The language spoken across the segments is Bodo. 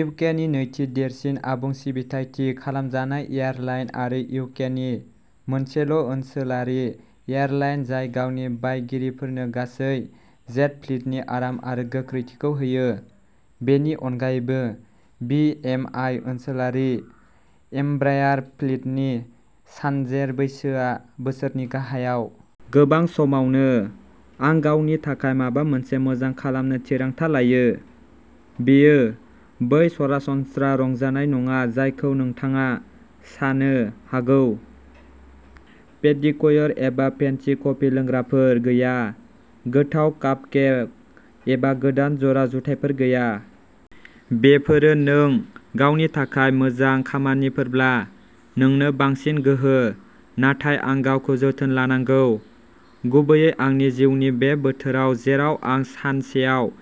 इउ. के. नि नैथि देरसिन आबुं सिबिथाइ थि खालामजानाय एयारलाइन आरो इउ. के. नि मोनसेल'ओनसोलारि एयारलाइन जाय गावनि बायगिरिफोरनो गासै जेट फ्लीटनि आराम आरो गोख्रैथिखौ होयो। बेनि अनगायैबो, बि. एम. आइ. ओनसोलारि एम्ब्रायार फ्लीटनि सानजेर बैसोआ बोसोरनि गाहायाव। गोबां समावनो, आं गावनि थाखाय माबा मोनसे मोजां खालामनो थिरांथा लायो। बेयो बै सरासनस्रा रंजानाय नङा जायखौ नोंथाङा सानो हागौ। पेडिक्य'र एबा फेन्सि कफि लोंग्राफोर गैया। गोथाव कापकेक एबा गोदान ज'रा जुथायफोर गैया। बेफोरो नों गावनि थाखाय मोजां खामानिफोरब्ला, नोंनो बांसिन गोहो। नाथाय आं गावखौ जोथोन लानांगौ, गुबैयै आंनि जिउनि बे बोथोराव जेराव आं सानसेयाव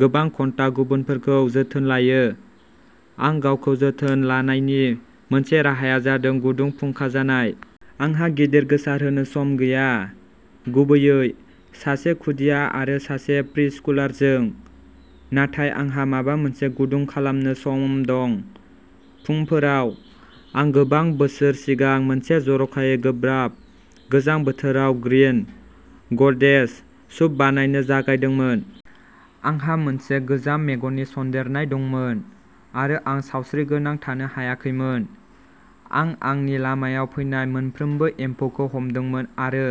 गोबां घन्टा गुबुनफोरखौ जोथोन लायो। आं गावखौ जोथोन लानायनि मोनसे राहाया जादों गुदुं फुंखाजानाय। आंहा गिदिर गोसारहोनो सम गैया, गुबैयै सासे खुदिया आरो सासे प्रिस्कुलारजों। नाथाय आंहा माबा मोनसे गुदुं खालामनो सम दं। फुंफोराव। आं गोबां बोसोर सिगां मोनसे जर'खायै गोब्राब गोजां बोथोराव ग्रीन ग'देज सुप बानायनो जागायदोंमोन। आंहा मोनसे गोजाम मेगननि सन्देरनाय दंमोन आरो आं सावस्रिगोनां थानो हायाखैमोन। आं आंनि लामायाव फैनाय मोनफ्रोमबो एम्फौखौ हमदोंमोन आरो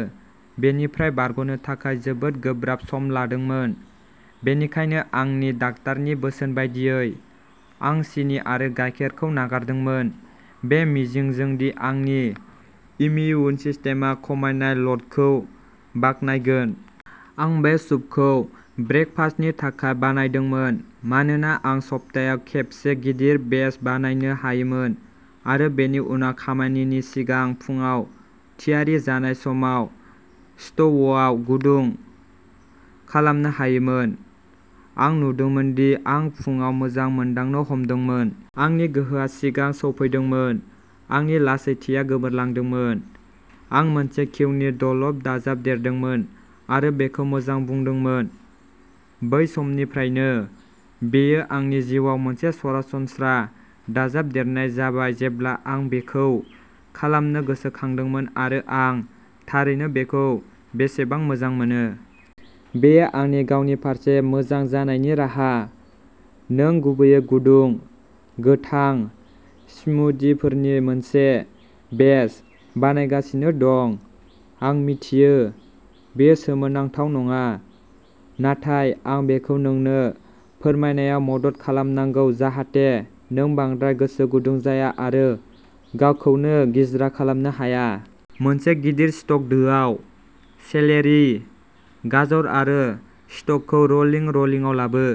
बेनिफ्राय बारग'नो थाखाय जोबोद गोब्राब सम लादोंमोन। बेनिखायनो, आंनि डाक्टारनि बोसोन बायदियै, आं सिनि आरो गायखेरखौ नागारदोंमोन बे मिजिंजों दि आंनि इमिउन सिस्टेमआ खमायनाय ल'डखौ बाख्नायगोन। आं बे सुपखौ ब्रेकफास्टनि थाखाय बानायदोंमोन मानोना आं सप्तायाव खेबसे गिदिर बेच बानायनो हायोमोन आरो बेनि उनाव खामानिनि सिगां फुंआव थियारि जानाय समाव स्ट'वआव गुदुं खालामनो हायोमोन। आं नुदोंमोन दि आं फुंआव मोजां मोनदांनो हमदोंमोन। आंनि गोहोआ सिगां सौफैदोंमोन, आंनि लासैथिया गोमोरदोंमोन। आं मोनसे घिउनि द'ल'प दाजाबदेरदोंमोन आरो बेखौ मोजां बुंदोंमोन। बै समनिफ्रायनो, बेयो आंनि जिउआव मोनसे सरासनस्रा दाजाबदेरनाय जाबाय जेब्ला आं बेखौ खालामनो गोसोखांदोंमोन आरो आं थारैनो बेखौ बेसेबां मोजां मोनो। बे आंनि गावनि फारसे मोजां जानायनि राहा। नों गुबैयै गुदुं, गोथां स्मूदिफोरनि मोनसे बेच बानायगासिनो दं। आं मिथियो, बेयो सोमोनांथाव नङा, नाथाय आं बेखौ नोंनो फोरमायनायाव मदद खालामनांगौ जाहाथे नों बांद्राय गोसो गुदुं जाया आरो गावखौनो गिज्रा खालामनो हाया। मोनसे गिदिर स्टक दोआव, सेलेरि, गाजर आरो स्टकखौ र'लिं र'लिंआव लाबो।